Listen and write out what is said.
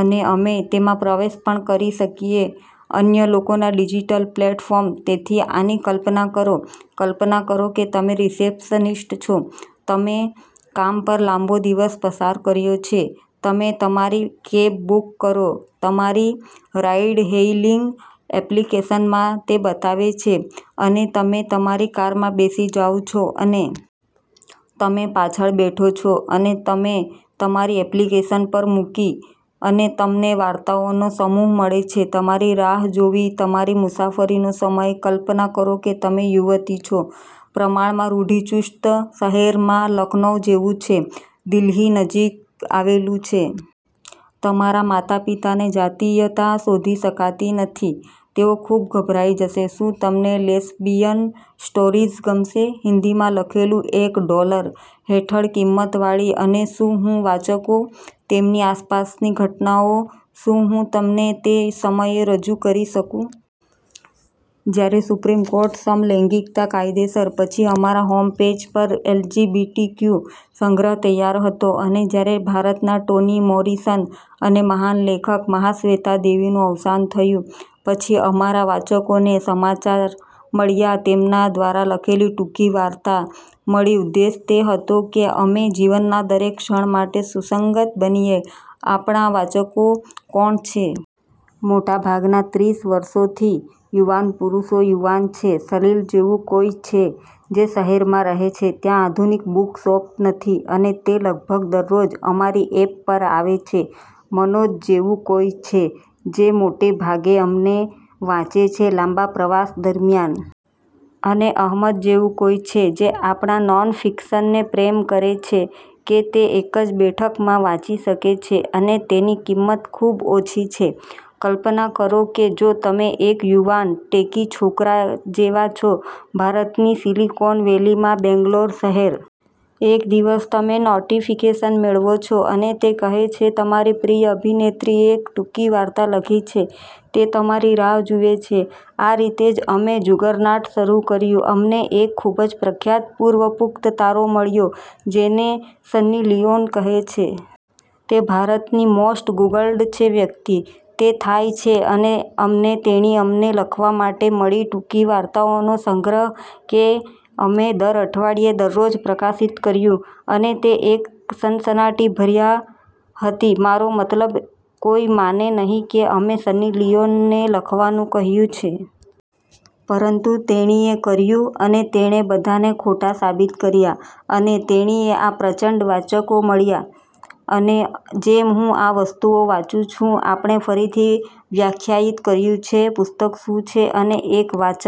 અને અમે તેમાં પ્રવેશ પણ કરી શકીએ અન્ય લોકોના ડિજિટલ પ્લેટફોર્મ. તેથી, આની કલ્પના કરો: કલ્પના કરો કે તમે રિસેપ્શનિસ્ટ છો, તમે કામ પર લાંબો દિવસ પસાર કર્યો છે, તમે તમારી કેબ બુક કરો તમારી રાઇડ-હેઇલિંગ એપ્લિકેશનમાં, તે બતાવે છે, અને તમે તમારી કારમાં બેસી જાઓ છો, અને। તમે પાછળ બેઠો છો, અને તમે તમારી એપ્લિકેશન પર મૂકી. અને તમને વાર્તાઓનો સમૂહ મળે છે તમારી રાહ જોવી, તમારી મુસાફરીનો સમય. કલ્પના કરો કે તમે યુવતી છો, પ્રમાણમાં રૂઢિચુસ્ત શહેરમાં લખનૌ જેવું, જે દિલ્હી નજીક આવેલું છે. તમારા માતાપિતાને જાતિયતા શોધી શકાતી નથી તેઓ ખૂબ ગભરાઈ જશે શું તમને લેસ્બિયન સ્ટોરીઝ ગમશે? હિન્દીમાં લખેલું એક ડોલર હેઠળ કિંમતવાળી અને શું હું વાચકો તેમની આસપાસની ઘટનાઓ શું હું તમને તે સમયે રજૂ કરી શકું? જ્યારે સુપ્રીમ કોર્ટ સમલૈંગિકતા કાયદેસર, પછી અમારા હોમ પેજ પર એલજીબીટીક્યુ સંગ્રહ તૈયાર હતો અને જ્યારે ભારતના ટોની મોરીસન અને મહાન લેખક મહાશ્વેતા દેવીનું અવસાન થયું પછી અમારા વાચકોને સમાચાર મળ્યા તેમના દ્વારા લખેલી ટૂંકી વાર્તા મળી ઉદ્દેશ તે હતો કે અમે જીવનના દરેક ક્ષણ માટે સુસંગત બનીએ આપણા વાચકો કોણ છે? મોટાભાગના ત્રીસ વર્ષોથી યુવાન પુરુષો યુવાન છે સલીલ જેવું કોઈ છે, જે શહેરમાં રહે છે ત્યા આધુનિક બુકશોપ નથી. અને તે લગભગ દરરોજ અમારી એપ પર આવે છે. મનોજ જેવું કોઈ છે, જે મોટે ભાગે અમને વાંચે છે લાંબા પ્રવાસ દરમિયાન. અને અહમદ જેવું કોઈ છે, જે આપણા નોનફિક્શનને પ્રેમ કરે છે કે તે એક જ બેઠકમાં વાંચી શકે છે, અને તેની કિંમત ખૂબ ઓછી છે. કલ્પના કરો કે જો તમે એક યુવાન, ટેકી છોકરા જેવા છો ભારતની સિલિકોન વેલીમાં બેંગ્લોર શહેર. એક દિવસ તમૅ નોટીફીકેશન મેળવો છો અને તે કહે છે કે તમારી પ્રિય અભિનેત્રી એક ટૂંકી વાર્તા લખી છે તે તમારી રાહ જુએ છે આ રીતે જ અમે જુગર્નાટ શરૂ કર્યું. અમને એક ખૂબ જ પ્રખ્યાત પૂર્વ-પુખ્ત તારો મળ્યો, જેને સન્ની લિયોન કહે છે. તે ભારતની મોસ્ટ ગુગલ્ડ છે વ્યક્તિ, તે થાય છે. અને અમને તેણી અમને લખવા માટે મળી ટૂંકી વાર્તાઓનો સંગ્રહ કે અમે દર અઠવાડિયે દરરોજ પ્રકાશિત કર્યું. અને તે એક સનસનાટીભર્યા હતી. મારો મતલબ, કોઈ માને નહીં કે અમે સન્ની લિયોનને લખવાનું કહ્યું છે. પરંતુ તેણીએ કર્યું અને તેણે બધાને ખોટા સાબિત કર્યા, અને તેણીને આ પ્રચંડ વાચકો મળ્યા. અને જેમ હું આ વસ્તુઓ વાંચું છું આપણે ફરીથી વ્યાખ્યાયિત કર્યું છે પુસ્તક શું છે અને એક વાચક